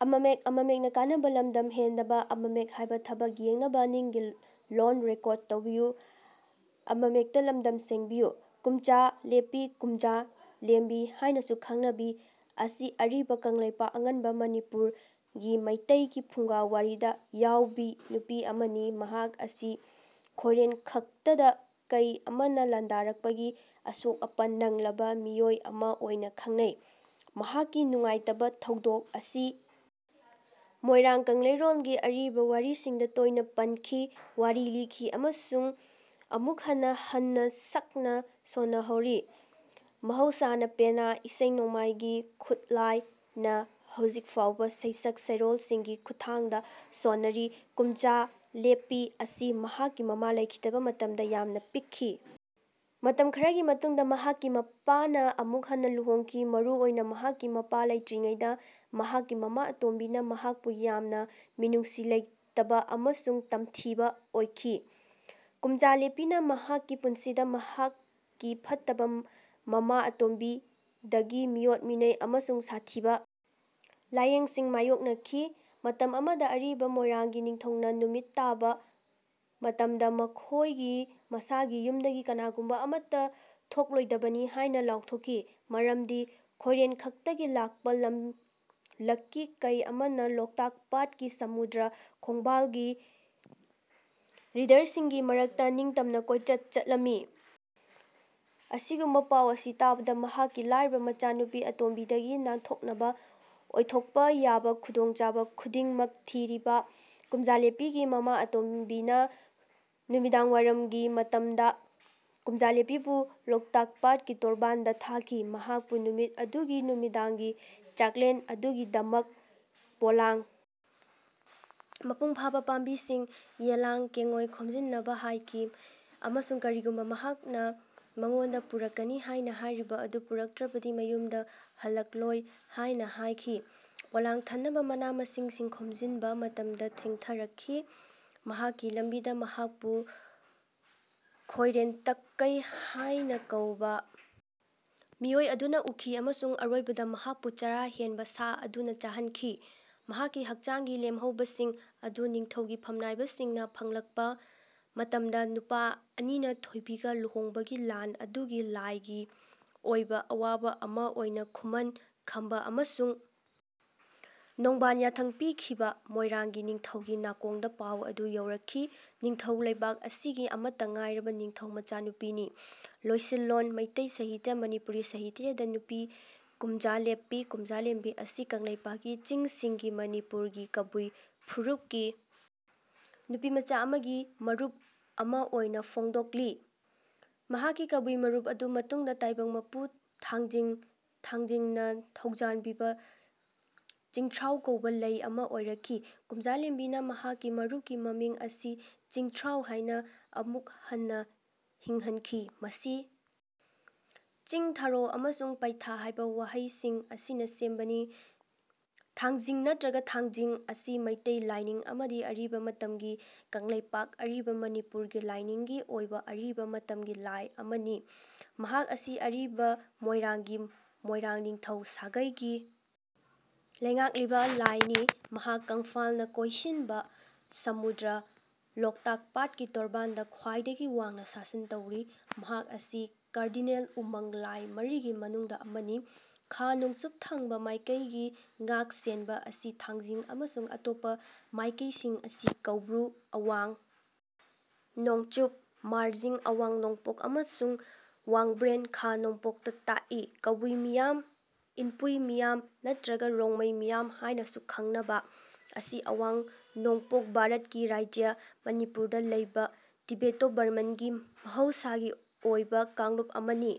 ꯀꯨꯝꯆꯥ ꯂꯦꯝꯄꯤ, ꯀꯨꯝꯖꯥ ꯂꯦꯝꯕꯤ ꯍꯥꯏꯅꯁꯨ ꯈꯪꯅꯕꯤ ꯑꯁꯤ ꯑꯔꯤꯕ ꯀꯪꯂꯩꯄꯥꯛ (ꯑꯉꯟꯕ ꯃꯅꯤꯄꯨꯔ)ꯒꯤ ꯃꯩꯇꯩꯒꯤ ꯐꯨꯡꯒꯥ ꯋꯥꯔꯤꯗ ꯌꯥꯎꯕꯤ ꯅꯨꯄꯤ ꯑꯃꯅꯤ꯫ ꯃꯍꯥꯛ ꯑꯁꯤ ꯈꯣꯏꯔꯦꯟꯈꯛꯇꯗꯥ ꯀꯩ ꯑꯃꯅ ꯂꯥꯟꯗꯥꯔꯛꯄꯒꯤ ꯑꯁꯣꯛ-ꯑꯄꯟ ꯅꯪꯂꯕ ꯃꯤꯑꯣꯏ ꯑꯃ ꯑꯣꯏꯅ ꯈꯪꯅꯩ꯫ ꯃꯍꯥꯛꯀꯤ ꯅꯨꯡꯉꯥꯏꯇꯕ ꯊꯧꯗꯣꯛ ꯑꯁꯤ ꯃꯣꯏꯔꯥꯡ ꯀꯪꯂꯩꯔꯣꯜꯒꯤ ꯑꯔꯤꯕ ꯋꯥꯔꯤꯁꯤꯡꯗ ꯇꯣꯏꯅ ꯄꯟꯈꯤ, ꯋꯥꯔꯤ ꯂꯤꯈꯤ ꯑꯃꯁꯨꯡ ꯑꯃꯨꯛ ꯍꯟꯅ ꯍꯟꯅ ꯁꯛꯅ ꯁꯣꯟꯅꯍꯧꯔꯤ, ꯃꯍꯧꯁꯥꯅ ꯄꯦꯅꯥ (ꯏꯁꯩ-ꯅꯣꯡꯃꯥꯏꯒꯤ ꯈꯨꯠꯂꯥꯏ)ꯅ ꯍꯧꯖꯤꯛ ꯐꯥꯎꯕ ꯁꯩꯁꯛ ꯁꯩꯔꯣꯜꯁꯤꯡꯒꯤ ꯈꯨꯠꯊꯥꯡꯗ ꯁꯣꯟꯅꯔꯤ꯫ ꯀꯨꯝꯆꯥ ꯂꯦꯝꯄꯤ ꯑꯁꯤ ꯃꯍꯥꯛꯀꯤ ꯃꯃꯥ ꯂꯩꯈꯤꯗꯕ ꯃꯇꯝꯗ ꯌꯥꯝꯅ ꯄꯤꯛꯈꯤ꯫ ꯃꯇꯝ ꯈꯔꯒꯤ ꯃꯇꯨꯡꯗ ꯃꯍꯥꯛꯀꯤ ꯃꯄꯥꯅ ꯑꯃꯨꯛ ꯍꯟꯅ ꯂꯨꯍꯣꯡꯈꯤ꯫ ꯃꯔꯨꯑꯣꯏꯅ ꯃꯍꯥꯛꯀꯤ ꯃꯄꯥ ꯂꯩꯇ꯭ꯔꯤꯉꯩꯗ, ꯃꯍꯥꯛꯀꯤ ꯃꯃꯥ ꯑꯇꯣꯝꯕꯤꯅ ꯃꯍꯥꯛꯄꯨ ꯌꯥꯝꯅ ꯃꯤꯅꯨꯡꯁꯤ ꯂꯩꯇꯕ ꯑꯃꯁꯨꯡ ꯇꯝꯊꯤꯕ ꯑꯣꯏꯈꯤ꯫ ꯀꯨꯝꯆꯥ ꯂꯦꯝꯄꯤꯅ ꯃꯍꯥꯛꯀꯤ ꯄꯨꯟꯁꯤꯗ ꯃꯍꯥꯛꯀꯤ ꯐꯠꯇꯕ ꯃꯃꯥ ꯑꯇꯣꯝꯕꯤꯗꯒꯤ ꯃꯤꯑꯣꯠ-ꯃꯤꯅꯩ ꯑꯃꯁꯨꯡ ꯁꯥꯊꯤꯕ ꯂꯥꯏꯌꯦꯡꯁꯤꯡ ꯃꯥꯌꯣꯛꯅꯈꯤ꯫ ꯃꯇꯝ ꯑꯃꯗ ꯑꯔꯤꯕ ꯃꯣꯏꯔꯥꯡꯒꯤ ꯅꯤꯡꯊꯧꯅ ꯅꯨꯃꯤꯠ ꯇꯥꯕ ꯃꯇꯝꯗ ꯃꯈꯣꯏꯒꯤ ꯃꯁꯥꯒꯤ ꯌꯨꯝꯗꯒꯤ ꯀꯅꯥꯒꯨꯝꯕ ꯑꯃꯠꯇ ꯊꯣꯛꯂꯣꯏꯗꯕꯅꯤ ꯍꯥꯏꯅ ꯂꯥꯎꯊꯣꯛꯈꯤ, ꯃꯔꯝꯗꯤ ꯈꯣꯏꯔꯦꯟꯇꯛꯇꯒꯤ ꯂꯥꯛꯄ ꯂꯝꯂꯛꯀꯤ ꯀꯩ ꯑꯃꯅ ꯂꯣꯛꯇꯥꯛ ꯄꯥꯠꯀꯤ ꯁꯃꯨꯗ꯭ꯔ ꯈꯣꯡꯕꯥꯜꯒꯤ ꯔꯤꯗꯁꯤꯡꯒꯤ ꯃꯔꯛꯇ ꯅꯤꯡꯇꯝꯅ ꯀꯣꯏꯆꯠ ꯆꯠꯂꯝꯃꯤ꯫ ꯑꯁꯤꯒꯨꯝꯕ ꯄꯥꯎ ꯑꯁꯤ ꯇꯥꯕꯗ, ꯃꯍꯥꯛꯀꯤ ꯂꯥꯏꯔꯕ ꯃꯆꯥꯅꯨꯄꯤ ꯑꯇꯣꯝꯕꯤꯗꯒꯤ ꯅꯥꯟꯊꯣꯛꯅꯕ ꯑꯣꯏꯊꯣꯛꯄ ꯌꯥꯕ ꯈꯨꯗꯣꯡꯆꯥꯕ ꯈꯨꯗꯤꯡꯃꯛ ꯊꯤꯔꯤꯕ ꯀꯨꯝꯆꯥ ꯂꯦꯝꯄꯤꯒꯤ ꯃꯃꯥ ꯑꯇꯣꯝꯕꯤꯅ ꯅꯨꯃꯤꯗꯥꯡꯋꯥꯏꯔꯝꯒꯤ ꯃꯇꯝꯗ ꯀꯨꯝꯆꯥ ꯂꯦꯝꯄꯤꯕꯨ ꯂꯣꯛꯇꯥꯛ ꯄꯥꯠꯀꯤ ꯇꯣꯔꯕꯥꯟꯗ ꯊꯥꯈꯤ, ꯃꯍꯥꯛꯄꯨ ꯅꯨꯃꯤꯠ ꯑꯗꯨꯒꯤ ꯅꯨꯃꯤꯗꯥꯡꯒꯤ ꯆꯥꯛꯂꯦꯟ ꯑꯗꯨꯒꯤꯗꯃꯛ ꯄꯣꯂꯥꯡ ꯃꯄꯨꯡ ꯐꯥꯕ ꯄꯥꯝꯕꯤꯁꯤꯡ ("ꯌꯦꯜꯂꯥꯡ ꯀꯦꯡꯉꯣꯏ") ꯈꯣꯝꯖꯤꯟꯅꯕ ꯍꯥꯏꯈꯤ, ꯑꯃꯁꯨꯡ ꯀꯔꯤꯒꯨꯝꯕ ꯃꯍꯥꯛꯅ ꯃꯉꯣꯟꯗ ꯄꯨꯔꯛꯀꯅꯤ ꯍꯥꯏꯅ ꯍꯥꯏꯔꯤꯕ ꯑꯗꯨ ꯄꯨꯔꯛꯇ꯭ꯔꯕꯗꯤ ꯃꯌꯨꯝꯗ ꯍꯜꯂꯛꯂꯣꯏ ꯍꯥꯏꯅ ꯍꯥꯏꯈꯤ꯫ ꯄꯣꯂꯥꯡ ꯊꯟꯅꯕ ꯃꯅꯥ-ꯃꯁꯤꯡꯁꯤꯡ ꯈꯣꯝꯖꯤꯟꯕ ꯃꯇꯝꯗ ꯊꯦꯡꯊꯔꯛꯈꯤ꯫ ꯃꯍꯥꯛꯀꯤ ꯂꯝꯕꯤꯗ ꯃꯍꯥꯛꯄꯨ ꯈꯣꯏꯔꯦꯟꯇꯛ ꯀꯩ ꯍꯥꯏꯅ ꯀꯧꯕ ꯃꯤꯑꯣꯏ ꯑꯗꯨꯅ ꯎꯈꯤ ꯑꯃꯁꯨꯡ ꯑꯔꯣꯏꯕꯗ ꯃꯍꯥꯛꯄꯨ ꯆꯔꯥ ꯍꯦꯟꯕ ꯁꯥ ꯑꯗꯨꯅ ꯆꯥꯍꯟꯈꯤ꯫ ꯃꯍꯥꯛꯀꯤ ꯍꯛꯆꯥꯡꯒꯤ ꯂꯦꯝꯍꯧꯕꯁꯤꯡ ꯑꯗꯨ ꯅꯤꯡꯊꯧꯒꯤ ꯐꯝꯅꯥꯏꯕꯁꯤꯡꯅ ꯐꯪꯂꯛꯄ ꯃꯇꯝꯗ ꯅꯨꯄꯥ ꯑꯅꯤꯅ ꯊꯣꯏꯕꯤꯒ ꯂꯨꯍꯣꯡꯕꯒꯤ ꯂꯥꯟ ꯑꯗꯨꯒꯤ ꯂꯥꯏꯒꯤ ꯑꯣꯏꯕ ꯑꯋꯥꯕ ꯑꯃ ꯑꯣꯏꯅ ꯈꯨꯃꯟ ꯈꯝꯕ ꯑꯃꯁꯨꯡ ꯅꯣꯡꯕꯟ ꯌꯥꯊꯪ ꯄꯤꯈꯤꯕ ꯃꯣꯏꯔꯥꯡꯒꯤ ꯅꯤꯡꯊꯧꯒꯤ ꯅꯥꯀꯣꯡꯗ ꯄꯥꯎ ꯑꯗꯨ ꯌꯧꯔꯛꯈꯤ꯫ ꯅꯤꯡꯊꯧ ꯂꯩꯕꯥꯛ ꯑꯁꯤꯒꯤ ꯑꯃꯠꯇ ꯉꯥꯏꯔꯕ ꯅꯤꯡꯊꯧ ꯃꯆꯥꯅꯨꯄꯤꯅꯤ꯫ ꯂꯣꯏꯅꯁꯤꯟꯂꯣꯟ ꯃꯩꯇꯩ ꯁꯥꯍꯤꯇ꯭ꯌ (ꯃꯅꯤꯄꯨꯔꯤ ꯁꯥꯍꯤꯇ꯭ꯌ)ꯗ ꯅꯨꯄꯤ ꯀꯨꯝꯆꯥ ꯂꯦꯝꯄꯤ (ꯀꯨꯝꯖꯥ ꯂꯦꯝꯕꯤ) ꯑꯁꯤ ꯀꯪꯂꯩꯄꯥꯛꯀꯤ ꯆꯤꯡꯁꯤꯡꯒꯤ ('ꯃꯅꯤꯄꯨꯔ') ꯒꯤ ꯀꯕꯨꯏ ꯐꯨꯔꯨꯞꯀꯤ ꯅꯨꯄꯤꯃꯆꯥ ꯑꯃꯒꯤ ꯃꯔꯨꯞ ꯑꯃ ꯑꯣꯏꯅ ꯐꯣꯡꯗꯣꯛꯂꯤ꯫ ꯃꯍꯥꯛꯀꯤ ꯀꯥꯕꯨꯏ ꯃꯔꯨꯞ ꯑꯗꯨ ꯃꯇꯨꯡꯗ ꯇꯥꯏꯕꯪ ꯃꯄꯨ ꯊꯥꯡꯆꯤꯡ (ꯊꯥꯡꯖꯤꯡ)ꯅ ꯊꯧꯖꯥꯜꯕꯤꯕ "ꯆꯤꯡꯊ꯭ꯔꯥꯎ" ꯀꯧꯕ ꯂꯩ ꯑꯃ ꯑꯣꯏꯔꯛꯈꯤ꯫ ꯀꯨꯝꯖꯥ ꯂꯦꯝꯕꯤꯅ ꯃꯍꯥꯛꯀꯤ ꯃꯔꯨꯞꯀꯤ ꯃꯃꯤꯡ ꯑꯁꯤ "ꯆꯤꯡ-ꯊ꯭ꯔꯥꯎ" ꯍꯥꯏꯅ ꯑꯃꯨꯛ ꯍꯟꯅ ꯍꯤꯡꯍꯟꯈꯤ, ꯃꯁꯤ ꯆꯤꯡ', 'ꯊꯥꯔꯣ' ꯑꯃꯁꯨꯡ 'ꯄꯥꯏꯊꯥ' ꯍꯥꯏꯕ ꯋꯥꯍꯩꯁꯤꯡ ꯑꯁꯤꯅ ꯁꯦꯝꯕꯅꯤ꯫ ꯊꯥꯡꯆꯤꯡ ꯅꯠꯇ꯭ꯔꯒ ꯊꯥꯡꯖꯤꯡ ꯑꯁꯤ ꯃꯩꯇꯩ ꯂꯥꯏꯅꯤꯡ ꯑꯃꯗꯤ ꯑꯔꯤꯕ ꯃꯇꯝꯒꯤ ꯀꯪꯂꯩꯄꯥꯛ (ꯑꯔꯤꯕ ꯃꯅꯤꯄꯨꯔ)ꯒꯤ ꯂꯥꯏꯅꯤꯡꯒꯤ ꯑꯣꯏꯕ ꯑꯔꯤꯕ ꯃꯇꯝꯒꯤ ꯂꯥꯏ ꯑꯃꯅꯤ꯫ ꯃꯍꯥꯛ ꯑꯁꯤ ꯑꯔꯤꯕ ꯃꯣꯏꯔꯥꯡꯒꯤ ꯃꯣꯏꯔꯥꯡ ꯅꯤꯡꯊꯧ ꯁꯥꯒꯩꯒꯤ ꯂꯩꯉꯥꯛꯂꯤꯕ ꯂꯥꯏꯅꯤ꯫ ꯃꯍꯥꯛ ꯀꯪꯐꯥꯜꯅ ꯀꯣꯏꯁꯤꯟꯕ ꯁꯃꯨꯗ꯭ꯔ, ꯂꯣꯛꯇꯥꯛ ꯄꯥꯠꯀꯤ ꯇꯣꯔꯕꯥꯟꯗ ꯈ꯭ꯋꯥꯏꯗꯒꯤ ꯋꯥꯡꯅ ꯁꯥꯁꯟ ꯇꯧꯔꯤ꯫ ꯃꯍꯥꯛ ꯑꯁꯤ ꯀꯥꯔꯗꯤꯅꯦꯜ ꯎꯃꯪ ꯂꯥꯏ ꯃꯔꯤꯒꯤ ꯃꯅꯨꯡꯗ ꯑꯃꯅꯤ꯫ ꯈꯥ-ꯅꯣꯡꯆꯨꯞ ꯊꯪꯕ ꯃꯥꯏꯀꯩꯒꯤ ꯉꯥꯛ-ꯁꯦꯟꯕ ꯑꯁꯤ ꯊꯥꯡꯖꯤꯡ ꯑꯃꯁꯨꯡ ꯑꯇꯣꯞꯄ ꯃꯥꯏꯀꯩꯁꯤꯡ ꯑꯁꯤ ꯀꯣꯎꯕ꯭ꯔꯨ (ꯑꯋꯥꯡ ꯅꯣꯡꯆꯨꯞ), ꯃꯥꯔꯖꯤꯡ (ꯑꯋꯥꯡ ꯅꯣꯡꯄꯣꯛ) ꯑꯃꯁꯨꯡ ꯋꯥꯡꯕ꯭ꯔꯦꯟ (ꯈꯥ-ꯅꯣꯡꯄꯣꯛ)ꯗ ꯇꯥꯛꯏ꯫ ꯀꯕꯨꯏ ꯃꯤꯌꯥꯝ (ꯏꯟꯄꯨꯏ ꯃꯤꯌꯥꯝ ꯅꯠꯇ꯭ꯔꯒ ꯔꯣꯡꯃꯩ ꯃꯤꯌꯥꯝ ꯍꯥꯏꯅꯁꯨ ꯈꯪꯅꯕ) ꯑꯁꯤ ꯑꯋꯥꯡ-ꯅꯣꯡꯄꯣꯛ ꯚꯥꯔꯠꯀꯤ ꯔꯥꯖ꯭ꯌ ꯃꯅꯤꯄꯨꯔꯗ ꯂꯩꯕ ꯇꯤꯕꯦꯇꯣ-ꯕꯔꯃꯟꯒꯤ ꯃꯍꯧꯁꯥꯒꯤ ꯑꯣꯏꯕ ꯀꯥꯡꯂꯨꯞ ꯑꯃꯅꯤ꯫